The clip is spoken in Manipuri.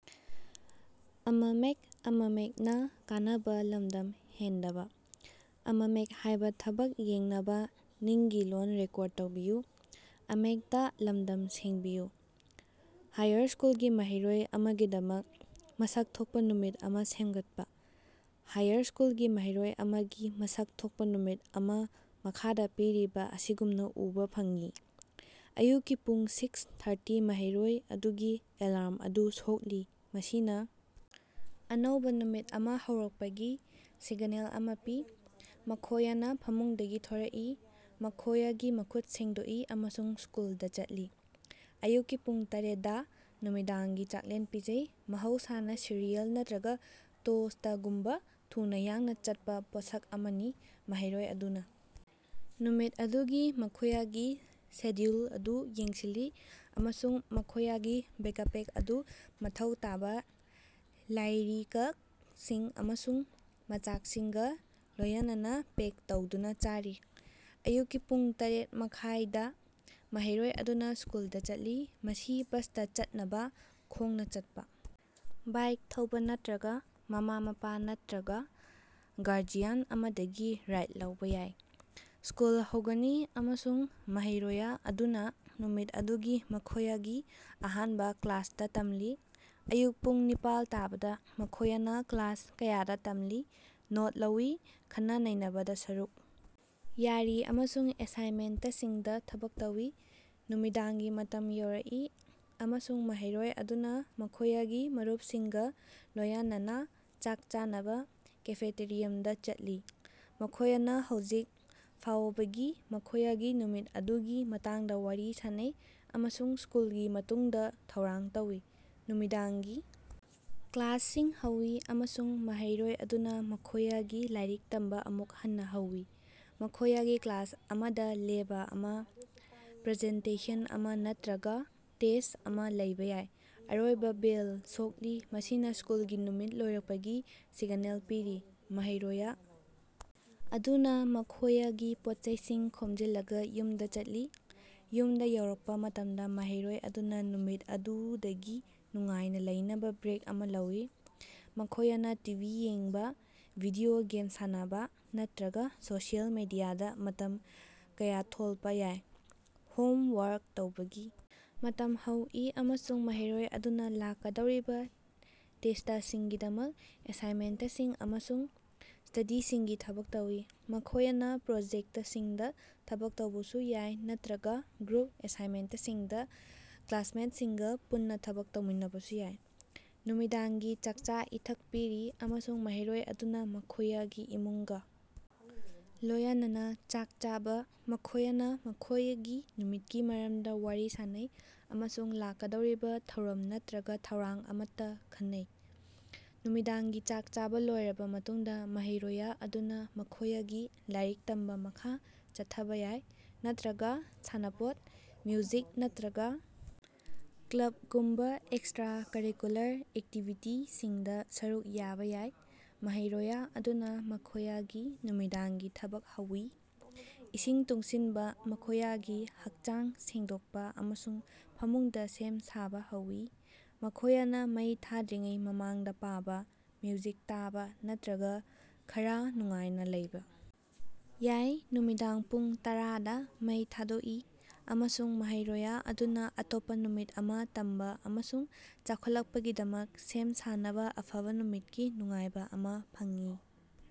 ꯍꯥꯌꯔ ꯁ꯭ꯀꯨꯜꯒꯤ ꯃꯍꯩꯔꯣꯢ ꯑꯃꯒꯤꯗꯃꯛ ꯃꯁꯛ ꯊꯣꯛꯄ ꯅꯨꯃꯤꯠ ꯑꯃ ꯁꯦꯝꯒꯠꯄ ꯫ ꯍꯥꯌꯔ ꯁ꯭ꯀꯨꯜꯒꯤ ꯃꯍꯩꯔꯣꯢ ꯑꯃꯒꯤ ꯃꯁꯛ ꯊꯣꯛꯄ ꯅꯨꯃꯤꯠ ꯑꯃ ꯃꯈꯥꯗ ꯄꯤꯔꯤꯕ ꯑꯁꯤꯒꯨꯝꯅ ꯎꯕ ꯐꯪꯏ: ꯑꯌꯨꯛꯀꯤ ꯄꯨꯡ ꯁꯤꯛꯁ ꯊꯥꯔꯇꯤ ꯃꯍꯩꯔꯣꯢ ꯑꯗꯨꯒꯤ ꯑꯦꯂꯥꯔꯝ ꯑꯗꯨ ꯁꯣꯛꯂꯤ, ꯃꯁꯤꯅ ꯑꯅꯧꯕ ꯅꯨꯃꯤꯠ ꯑꯃ ꯍꯧꯔꯛꯄꯒꯤ ꯁꯤꯒꯅꯦꯜ ꯑꯃ ꯄꯤ꯫ ꯃꯈꯣꯌꯅ ꯐꯃꯨꯡꯗꯒꯤ ꯊꯣꯔꯛꯏ, ꯃꯈꯣꯌꯒꯤ ꯃꯈꯨꯠ ꯁꯦꯡꯗꯣꯛꯏ ꯑꯃꯁꯨꯡ ꯁ꯭ꯀꯨꯜꯗ ꯆꯠꯂꯤ꯫ ꯑꯌꯨꯛꯀꯤ ꯄꯨꯡ ꯇꯔꯦꯠꯗꯥ ꯅꯨꯃꯤꯗꯥꯡꯒꯤ ꯆꯥꯛꯂꯦꯟ ꯄꯤꯖꯩ, ꯃꯍꯧꯁꯥꯅ ꯁꯤꯔꯤꯑꯦꯜ ꯅꯠꯇ꯭ꯔꯒ ꯇꯣꯁ꯭ꯇꯒꯨꯝꯕ ꯊꯨꯅꯥ ꯌꯥꯡꯅ ꯆꯠꯄꯥ ꯄꯣꯠꯁꯛ ꯑꯃꯅꯤ꯫ ꯃꯍꯩꯔꯣꯏ ꯑꯗꯨꯅ ꯅꯨꯃꯤꯠ ꯑꯗꯨꯒꯤ ꯃꯈꯣꯌꯒꯤ ꯁꯦꯗ꯭ꯌꯨꯜ ꯑꯗꯨ ꯌꯦꯡꯁꯤꯜꯂꯤ ꯑꯃꯁꯨꯡ ꯃꯈꯣꯌꯒꯤ ꯕꯦꯀꯄꯦꯛ ꯑꯗꯨ ꯃꯊꯧ ꯇꯥꯕ ꯂꯥꯏꯔꯤꯀꯛꯁꯤꯡ ꯑꯃꯁꯨꯡ ꯃꯆꯥꯛꯁꯤꯡꯒ ꯂꯣꯌꯅꯅ ꯄꯦꯛ ꯇꯧꯗꯨꯅ ꯆꯥꯔꯤ꯫ ꯑꯌꯨꯛꯀꯤ ꯄꯨꯡ ꯇꯔꯦꯠ ꯃꯈꯥꯢ ꯗꯥ: ꯃꯍꯩꯔꯣꯏ ꯑꯗꯨꯅ ꯁ꯭ꯀꯨꯜꯗ ꯆꯠꯂꯤ, ꯃꯁꯤ ꯕꯁꯇ ꯆꯠꯅꯕꯥ, ꯈꯣꯡꯅ ꯆꯠꯄ, ꯕꯥꯏꯛ ꯊꯧꯕ ꯅꯠꯇ꯭ꯔꯒ ꯃꯃꯥ-ꯃꯄꯥ ꯅꯠꯇ꯭ꯔꯒꯥ ꯒꯥꯔꯖꯤꯌꯥꯟ ꯑꯃꯗꯒꯤ ꯔꯥꯏꯗ ꯂꯧꯕ ꯌꯥꯏ꯫ ꯁ꯭ꯀꯨꯜ ꯍꯧꯒꯅꯤ, ꯑꯃꯁꯨꯡ ꯃꯍꯩꯔꯣꯌ ꯑꯗꯨꯅꯥ ꯅꯨꯃꯤꯠ ꯑꯗꯨꯒꯤ ꯃꯈꯣꯌꯒꯤ ꯑꯍꯥꯟꯕ ꯀ꯭ꯂꯥꯁꯇ ꯇꯝꯂꯤ꯫ ꯑꯌꯨꯛ ꯄꯨꯡ ꯅꯤꯄꯥꯜ ꯇꯥꯕꯗ ꯃꯈꯣꯌꯅ ꯀ꯭ꯂꯥꯁ ꯀꯌꯥꯗ ꯇꯝꯂꯤ, ꯅꯣꯠ ꯂꯧꯏ, ꯈꯟꯅ-ꯅꯩꯅꯕꯗ ꯁꯔꯨꯛ ꯌꯥꯔꯤ ꯑꯃꯁꯨꯡ ꯑꯦꯁꯥꯏꯟꯃꯦꯟꯇꯁꯤꯡꯗ ꯊꯕꯛ ꯇꯧꯏ꯫ ꯅꯨꯃꯤꯗꯥꯡꯒꯤ ꯃꯇꯝ ꯌꯧꯔꯛꯏ, ꯑꯃꯁꯨꯡ ꯃꯍꯩꯔꯣꯏ ꯑꯗꯨꯅ ꯃꯈꯣꯌꯒꯤ ꯃꯔꯨꯞꯁꯤꯡꯒ ꯂꯣꯌꯅꯅꯥ ꯆꯥꯛ ꯆꯥꯅꯕ ꯀꯦꯐꯦꯇꯦꯔꯤꯌꯝꯗ ꯆꯠꯂꯤ꯫ ꯃꯈꯣꯌꯅ ꯍꯧꯖꯤꯛ ꯐꯥꯑꯣꯕꯒꯤ ꯃꯈꯣꯌꯒꯤ ꯅꯨꯃꯤꯠ ꯑꯗꯨꯒꯤ ꯃꯇꯥꯡꯗ ꯋꯥꯔꯤ ꯁꯥꯅꯩ ꯑꯃꯁꯨꯡ ꯁ꯭ꯀꯨꯜꯒꯤ ꯃꯇꯨꯡꯗ ꯊꯧꯔꯥꯡ ꯇꯧꯏ꯫ ꯅꯨꯃꯤꯗꯥꯡꯒꯤ ꯀ꯭ꯂꯥꯁꯁꯤꯡ ꯍꯧꯏ, ꯑꯃꯁꯨꯡ ꯃꯍꯩꯔꯣꯏ ꯑꯗꯨꯅ ꯃꯈꯣꯌꯒꯤ ꯂꯥꯏꯔꯤꯛ ꯇꯝꯕ ꯑꯃꯨꯛ ꯍꯟꯅ ꯍꯧꯏ꯫ ꯃꯈꯣꯌꯒꯤ ꯀ꯭ꯂꯥꯁ ꯑꯃꯗ ꯂꯦꯕ ꯑꯃ, ꯄ꯭ꯔꯖꯦꯟꯇꯦꯁꯟ ꯑꯃ ꯅꯠꯇ꯭ꯔꯒꯥ ꯇꯦꯁ꯭ꯠ ꯑꯃ ꯂꯩꯕ ꯌꯥꯏ꯫ ꯑꯔꯣꯏꯕ ꯕꯦꯜ ꯁꯣꯛꯂꯤ, ꯃꯁꯤꯅ ꯁ꯭ꯀꯨꯜꯒꯤ ꯅꯨꯃꯤꯠ ꯂꯣꯏꯔꯛꯄꯒꯤ ꯁꯤꯒꯅꯦꯜ ꯄꯤꯔꯤ꯫ ꯃꯍꯩꯔꯣꯌ ꯑꯗꯨꯅ ꯃꯈꯣꯌꯒꯤ ꯄꯣꯠꯆꯩꯁꯤꯡ ꯈꯣꯝꯖꯤꯜꯂꯒ ꯌꯨꯝꯗ ꯆꯠꯂꯤ꯫ ꯌꯨꯝꯗ ꯌꯧꯔꯛꯄ ꯃꯇꯝꯗ ꯃꯍꯩꯔꯣꯏ ꯑꯗꯨꯅ ꯅꯨꯃꯤꯠ ꯑꯗꯨꯗꯒꯤ ꯅꯨꯡꯉꯥꯏꯅ ꯂꯩꯅꯕ ꯕ꯭ꯔꯦꯛ ꯑꯃ ꯂꯧꯏ꯫ ꯃꯈꯣꯌꯅ ꯇꯤꯚꯤ ꯌꯦꯡꯕ, ꯚꯤꯗꯤꯑꯣ ꯒꯦꯝ ꯁꯥꯟꯅꯕꯥ ꯅꯠꯇ꯭ꯔꯒ ꯁꯣꯁꯤꯌꯦꯜ ꯃꯤꯗꯤꯌꯥꯗ ꯃꯇꯝ ꯀꯥꯌꯊꯣꯜꯄ ꯌꯥꯏ꯫ ꯍꯣꯝ ꯋꯥꯔꯛ ꯇꯧꯕꯒꯤ ꯃꯇꯝ ꯍꯧꯏ, ꯑꯃꯁꯨꯡ ꯃꯍꯩꯔꯣꯏ ꯑꯗꯨꯅ ꯂꯥꯛꯀꯗꯧꯔꯤꯕ ꯇꯦꯁ꯭ꯇꯁꯤꯡꯒꯤꯗꯃꯛ ꯑꯦꯁꯥꯏꯟꯃꯦꯟꯇꯁꯤꯡ ꯑꯃꯁꯨꯡ ꯁ꯭ꯇꯗꯤꯁꯤꯡꯒꯤ ꯊꯕꯛ ꯇꯧꯏ꯫ ꯃꯈꯣꯌꯅ ꯄ꯭ꯔꯣꯖꯦꯛꯇꯁꯤꯡꯗ ꯊꯕꯛ ꯇꯧꯕꯁꯨ ꯌꯥꯏ ꯅꯠꯇ꯭ꯔꯒꯥ ꯒ꯭ꯔꯨꯞ ꯑꯦꯁꯥꯏꯟꯃꯦꯟꯇꯁꯤꯡꯗ ꯀ꯭ꯂꯥꯁꯃꯦꯠꯁꯤꯡꯒ ꯄꯨꯟꯅ ꯊꯕꯛ ꯇꯧꯃꯤꯟꯅꯕꯁꯨ ꯌꯥꯏ꯫ ꯅꯨꯃꯤꯗꯥꯡꯒꯤ ꯆꯥꯛꯆꯥ-ꯏꯊꯛ ꯄꯤꯔꯤ, ꯑꯃꯁꯨꯡ ꯃꯍꯩꯔꯣꯏ ꯑꯗꯨꯅ ꯃꯈꯣꯌꯒꯤ ꯏꯃꯨꯡꯒ ꯂꯣꯌꯅꯅꯥ ꯆꯥꯛ ꯆꯥꯕ꯫ ꯃꯈꯣꯌꯅ ꯃꯈꯣꯌꯒꯤ ꯅꯨꯃꯤꯠꯀꯤ ꯃꯔꯝꯗ ꯋꯥꯔꯤ ꯁꯥꯅꯩ, ꯑꯃꯁꯨꯡ ꯂꯥꯛꯀꯗꯧꯔꯤꯕ ꯊꯧꯔꯝ ꯅꯠꯇ꯭ꯔꯒ ꯊꯧꯔꯥꯡ ꯑꯃꯠꯇ ꯈꯟꯅꯩ꯫ ꯅꯨꯃꯤꯗꯥꯡꯒꯤ ꯆꯥꯛ ꯆꯥꯕ ꯂꯣꯏꯔꯕ ꯃꯇꯨꯡꯗ ꯃꯍꯩꯔꯣꯌ ꯑꯗꯨꯅ ꯃꯈꯣꯌꯒꯤ ꯂꯥꯏꯔꯤꯛ ꯇꯝꯕ ꯃꯈꯥ ꯆꯠꯊꯕ ꯌꯥꯏ, ꯅꯠꯇ꯭ꯔꯒꯥ ꯁꯥꯟꯅꯄꯣꯠ, ꯃ꯭ꯌꯨꯖꯤꯛ ꯅꯠꯇ꯭ꯔꯒꯥ ꯀ꯭ꯂꯕꯒꯨꯝꯕ ꯑꯦꯛꯁꯇ꯭ꯔꯥꯀꯔꯤꯀꯨꯂꯔ ꯑꯦꯛꯇꯤꯕꯤꯇꯤꯁꯤꯡꯗ ꯁꯔꯨꯛ ꯌꯥꯕ ꯌꯥꯏ꯫ ꯃꯍꯩꯔꯣꯌ ꯑꯗꯨꯅ ꯃꯈꯣꯌꯒꯤ ꯅꯨꯃꯤꯗꯥꯡꯒꯤ ꯊꯕꯛ ꯍꯧꯏ, ꯏꯁꯤꯡ ꯇꯨꯡꯁꯤꯟꯕ, ꯃꯈꯣꯌꯒꯤ ꯍꯥꯛꯆꯥꯡ ꯁꯦꯡꯗꯣꯛꯄ ꯑꯃꯁꯨꯡ ꯐꯃꯨꯡꯗ ꯁꯦꯝ ꯁꯥꯕ ꯍꯧꯏ꯫ ꯃꯈꯣꯌꯅ ꯃꯩ ꯊꯥꯗ꯭ꯔꯤꯉꯩ ꯃꯃꯥꯡꯗ ꯄꯥꯕ, ꯃ꯭ꯌꯨꯖꯤꯛ ꯇꯥꯕ ꯅꯠꯇ꯭ꯔꯒ ꯈꯔꯥ ꯅꯨꯡꯉꯥꯏꯅ ꯂꯩꯕ ꯌꯥꯏ꯫ ꯅꯨꯃꯤꯗꯥꯡ ꯄꯨꯡ ꯇꯔꯥꯗꯥ ꯃꯩ ꯊꯥꯗꯣꯛꯏ, ꯑꯃꯁꯨꯡ ꯃꯍꯩꯔꯣꯌ ꯑꯗꯨꯅ ꯑꯇꯣꯞꯄ ꯅꯨꯃꯤꯠ ꯑꯃ ꯇꯝꯕ ꯑꯃꯁꯨꯡ ꯆꯥꯎꯈꯠꯂꯛꯄꯒꯤꯗꯃꯛ ꯁꯦꯝ ꯁꯥꯅꯕ ꯑꯐꯕ ꯅꯨꯃꯤꯠꯀꯤ ꯅꯨꯡꯉꯥꯏꯕ ꯑꯃ ꯐꯪꯏ꯫